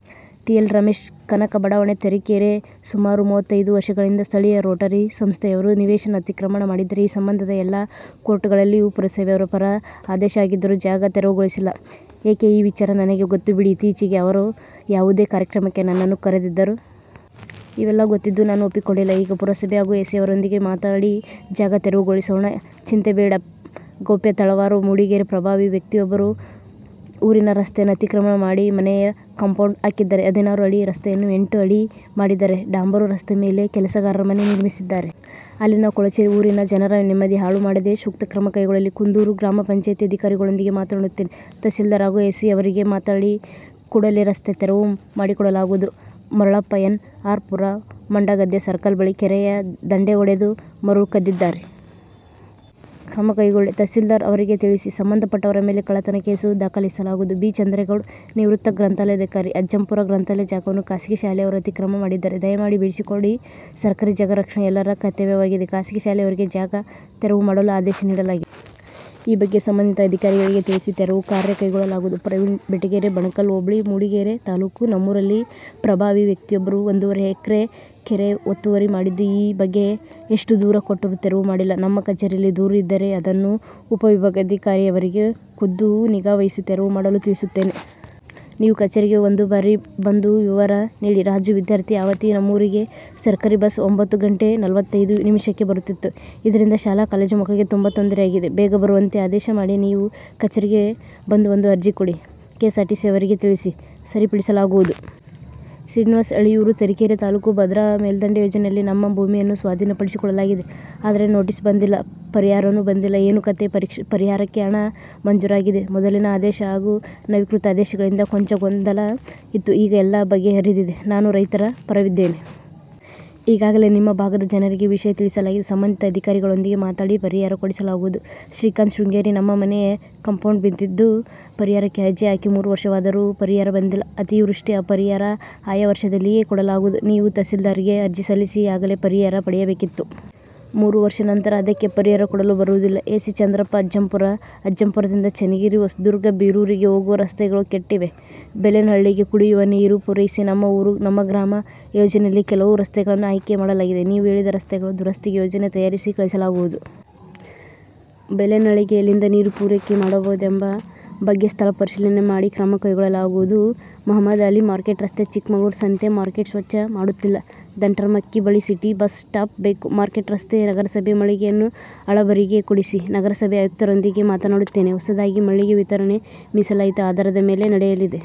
T. L. Ramesh, Kanaka ಬಡಾವಣೆ, ತರೀಕೆರೆ ಸುಮಾರು ಮೂವತ್ತೈದು ವರ್ಷಗಳಿಂದ ಸ್ಥಳೀಯ ರೋಟರಿ ಸಂಸ್ಥೆಯವರು ನಿವೇಶನ ಅತಿಕ್ರಮಣ ಮಾಡಿದ್ದಾರೆ. ಈ ಸಂಬಂಧ ಎಲ್ಲ ಕೋರ್ಟುಗಳಲ್ಲಿಯೂ ಪುರಸಭೆಯವರ ಪರ ಆದೇಶ ಆಗಿದ್ದರೂ ಜಾಗ ತೆರವುಗೊಳಿಸಿಲ್ಲ ಏಕೆ? ಈ ವಿಚಾರ ನನಗೆ ಗೊತ್ತು ಬಿಡಿ, ಇತ್ತೀಚೆಗೆ ಅವರು ಯಾವುದೋ ಕಾರ್ಯಕ್ರಮಕ್ಕೆ ನನ್ನನ್ನು ಕರೆದಿದ್ದರು. ಇವೆಲ್ಲಾ ಗೊತ್ತಿದ್ದು ನಾನು ಒಪ್ಪಿಕೊಂಡಿಲ್ಲ. ಈಗ ಪುರಸಭೆ ಹಾಗೂ ಎಸಿ ಅವರೊಂದಿಗೆ ಮಾತನಾಡಿ, ಜಾಗ ತೆರವುಗೊಳಿಸೋಣ. ಚಿಂತೆ ಬೇಡ. ಗೌಪ್ಯ, ತಳವಾರ, ಮೂಡಿಗೆರೆ ಪ್ರಭಾವಿ ವ್ಯಕ್ತಿಯೊಬ್ಬರು ಊರಿನ ರಸ್ತೆಯನ್ನು ಅತಿಕ್ರಮಣ ಮಾಡಿ ಮನೆಯ ಕಾಂಪೌಂಡ್ ಹಾಕಿದ್ದಾರೆ. ಹದಿನಾರು ಅಡಿ ರಸ್ತೆಯನ್ನು ಎಂಟು ಅಡಿ ಮಾಡಿದ್ದಾರೆ. ಡಾಂಬರು ರಸ್ತೆ ಮೇಲೆ ಕೆಲಸಗಾರರ ಮನೆ ನಿರ್ಮಿಸಿದ್ದಾರೆ. ಅಲ್ಲಿನ ಕೊಳಚೆ ಊರಿನ ಜನರ ನೆಮ್ಮದಿ ಹಾಳು ಮಾಡಿದೆ, ಸೂಕ್ತ ಕ್ರಮ ಕೈಗೊಳ್ಳಿ. ಕುಂದೂರು ಗ್ರಾಮ ಪಂಚಾಯಿತಿ ಅಧಿಕಾರಿಗಳೊಂದಿಗೆ ಮಾತನಾಡುತ್ತೇನೆ. ತಹಸೀಲ್ದಾರ್ ಹಾಗೂ ಎಸಿ ಅವರಿಗೆ ಮಾತನಾಡಿ ಕೂಡಲೇ ರಸ್ತೆ ತೆರವು ಮಾಡಿಕೊಡಲಾಗುವುದು. Maralappa, N. R. Pura Mandagadde circle ಬಳಿ ಕೆರೆಯ ದಂಡೆ ಒಡೆದು ಮರಳು ಕದ್ದಿದ್ದಾರೆ. ಕ್ರಮ ಕೈಗೊಳ್ಳಿ. ತಹಸೀಲ್ದಾರ್ ಅವರಿಗೆ ತಿಳಿಸಿ ಸಂಬಂಧಪಟ್ಟವರ ಮೇಲೆ ಕಳ್ಳತನ ಕೇಸು ದಾಖಲಿಸಲಾಗುವುದು. ಬಿ. ಚಂದ್ರೇಗೌಡ, ನಿವೃತ್ತ ಗ್ರಂಥಾಲಯಾಧಿಕಾರಿ, ಅಜ್ಜಂಪುರ ಗ್ರಂಥಾಲಯ ಜಾಗವನ್ನು ಖಾಸಗಿ ಶಾಲೆಯವರು ಅತಿಕ್ರಮಣ ಮಾಡಿದ್ದಾರೆ. ದಯಮಾಡಿ ಬಿಡಿಸಿಕೊಡಿ. ಸರಕಾರಿ ಜಾಗ ರಕ್ಷಣೆ ಎಲ್ಲರ ಕರ್ತವ್ಯವಾಗಿದೆ. ಖಾಸಗಿ ಶಾಲೆಯವರಿಗೆ ಜಾಗ ತೆರವು ಮಾಡಲು ಆದೇಶ ನೀಡಲಾಗಿದೆ. ಈ ಬಗ್ಗೆ ಸಂಬಂಧಿತ ಅಧಿಕಾರಿಗಳಿಗೆ ತಿಳಿಸಿ ತೆರವು ಕಾರ್ಯ ಕೈಗೊಳ್ಳಲಾಗುವುದು. ಪ್ರವೀಣ ಬೆಟ್ಟಗೆರೆ, ಬಣಕಲ್ ಹೋಬಳಿ, ಮೂಡಿಗೆರೆ ತಾಲ್ಲೂಕು. ನಮ್ಮೂರಲ್ಲಿ ಪ್ರಭಾವಿ ವ್ಯಕ್ತಿಯೊಬ್ಬರು ಒಂದೂವರೆ ಎಕರೆ ಕೆರೆ ಒತ್ತುವರಿ ಮಾಡಿದ್ದು, ಈ ಬಗ್ಗೆ ಎಷ್ಟು ದೂರು ಕೊಟ್ಟರೂ ತೆರವು ಮಾಡಿಲ್ಲ. ನಮ್ಮ ಕಚೇರಿಯಲ್ಲಿ ದೂರು ಇದ್ದರೆ, ಅದನ್ನು ಉಪವಿಭಾಗಾಧಿಕಾರಿಯವರಿಗೆ ಖುದ್ದು ನಿಗಾವಹಿಸಿ ತೆರವು ಮಾಡಲು ತಿಳಿಸುತ್ತೇನೆ. ನೀವು ಕಚೇರಿಗೆ ಒಂದು ಬಾರಿ ಬಂದು ವಿವರ ನೀಡಿ. ರಾಜು, ವಿದ್ಯಾರ್ಥಿ, ಆವತಿ ನಮ್ಮೂರಿಗೆ ಸರಕಾರಿ ಬಸ್ ಒಂಬತ್ತು ಗಂಟೆ ನಲವತ್ತೈದು ನಿಮಿಷಕ್ಕೆ ಬರುತ್ತಿದ್ದು, ಇದರಿಂದ ಶಾಲಾ ಕಾಲೇಜು ಮಕ್ಕಳಿಗೆ ತುಂಬಾ ತೊದರೆಯಾಗಿದೆ. ಬೇಗ ಬರುವಂತೆ ಆದೇಶ ಮಾಡಿ. ನೀವು ಕಚೇರಿಗೆ ಬಂದು ಒಂದು ಅರ್ಜಿ ಕೊಡಿ ಕೆಎಸ್ಸಾರ್ಟಿಸಿಯವರಿಗೆ ತಿಳಿಸಿ ಸರಿಪಡಿಸಲಾಗುವುದು. ಶ್ರೀನಿವಾಸ್, ಹಳಿಯೂರು, ತರೀಕೆರೆ ತಾಲೂಕು ಭದ್ರಾ ಮೇಲ್ದಂಡೆ ಯೋಜನೆಯಲ್ಲಿ ನಮ್ಮ ಭೂಮಿಯನ್ನು ಸ್ವಾಧೀನ ಪಡಿಸಿಕೊಳ್ಳಲಾಗಿದೆ. ಆದರೆ ನೋಟಿಸ್ ಬಂದಿಲ್ಲ ಪರಿಹಾರನೂ ಬಂದಿಲ್ಲ, ಏನು ಕತೆ ಪರಿಹಾರಕ್ಕೆ ಹಣ ಮಂಜೂರಾಗಿದೆ. ಮೊದಲಿನ ಆದೇಶ ಹಾಗೂ ನವೀಕೃತ ಆದೇಶಗಳಿಂದ ಕೊಂಚ ಗೊಂದಲ ಇತ್ತು. ಈಗ ಎಲ್ಲ ಬಗೆಹರಿದಿದೆ. ನಾನು ರೈತರ ಪರವಿದ್ದೇನೆ. ಈಗಾಗಲೇ ನಿಮ್ಮ ಭಾಗದ ಜನರಿಗೆ ವಿಷಯ ತಿಳಿಸಲಾಗಿದೆ. ಸಂಬಂಧಿತ ಅಧಿಕಾರಿಗಳೊಂದಿಗೆ ಮಾತನಾಡಿ ಪರಿಹಾರ ಕೊಡಿಸಲಾಗುವುದು. ಶ್ರೀಕಾಂತ್, ಶೃಂಗೇರಿ ನಮ್ಮ ಮನೆಯ ಕಾಂಪೌಂಡ್ ಬಿದ್ದಿದ್ದು, ಪರಿಹಾರಕ್ಕೆ ಅರ್ಜಿ ಹಾಕಿ ಮೂರು ವರ್ಷವಾದರೂ ಪರಿಹಾರ ಬಂದಿಲ್ಲ. ಅತಿವೃಷ್ಟಿ ಪರಿಹಾರ ಆಯಾ ವರ್ಷದಲ್ಲಿಯೇ ಕೊಡಲಾಗುವುದು. ನೀವು ತಹಸೀಲ್ದಾರ್ಗೆ ಅರ್ಜಿ ಸಲ್ಲಿಸಿ ಆಗಲೇ ಪರಿಹಾರ ಪಡೆಯಬೇಕಿತ್ತು. ಮೂರು ವರ್ಷ ನಂತರ ಅದಕ್ಕೆ ಪರಿಹಾರ ಕೊಡಲು ಬರುವುದಿಲ್ಲ. ಎ. ಸಿ. ಚಂದ್ರಪ್ಪ, ಅಜ್ಜಂಪುರ ಅಜ್ಜಂಪುರದಿಂದ ಚನ್ನಗಿರಿ, ಹೊಸದುರ್ಗ, ಬೀರೂರಿಗೆ ಹೋಗುವ ರಸ್ತೆಗಳು ಕೆಟ್ಟಿವೆ, ಬೇಲೇನಹಳ್ಳಿಗೆ ಕುಡಿಯುವ ನೀರು ಪೂರೈಸಿ. ನಮ್ಮ ಊರು, ನಮ್ಮ ಗ್ರಾಮ ಯೋಜನೆಯಲ್ಲಿ ಕೆಲವು ರಸ್ತೆಗಳನ್ನು ಆಯ್ಕೆ ಮಾಡಲಾಗಿದೆ. ನೀವು ಹೇಳಿದ ರಸ್ತೆಗಳ ದುರಸ್ತಿಗೆ ಯೋಜನೆ ತಯಾರಿಸಿ ಕಳಿಸಲಾಗುವುದು. ಬೇಲೇನಹಳ್ಳಿಗೆ ಎಲ್ಲಿಂದ ನೀರು ಪೂರೈಕೆ ಮಾಡಬಹುದೆಂಬ ಬಗ್ಗೆ ಸ್ಥಳ ಪರಿಶೀಲನೆ ಮಾಡಿ ಕ್ರಮ ಕೈಗೊಳ್ಳಲಾಗುವುದು. ಮಹಮದಾಲಿ, ಮಾರ್ಕೆಟ್ ರಸ್ತೆ, ಚಿಕ್ಕಮಗಳೂರು. ಸಂತೆ ಮಾರ್ಕೆಟ್ ಸ್ವಚ್ಛ ಮಾಡುತ್ತಿಲ್ಲ, ದಂಟರಮಕ್ಕಿ ಬಳಿ ಸಿಟಿ ಬಸ್ ಸ್ಟಾಪ್ ಬೇಕು, ಮಾರ್ಕೆಟ್ ರಸ್ತೆ ನಗರಸಭೆ ಮಳಿಗೆಯನ್ನು ಹಳಬರಿಗೇ ಕೊಡಿಸಿ. ನಗರಸಭೆ ಆಯುಕ್ತರೊಂದಿಗೆ ಮಾತನಾಡುತ್ತೇನೆ. ಹೊಸದಾಗಿ ಮಳಿಗೆ ವಿತರಣೆ ಮೀಸಲಾತಿ ಆಧಾರದ ಮೇಲೆ ನಡೆಯಲಿದೆ.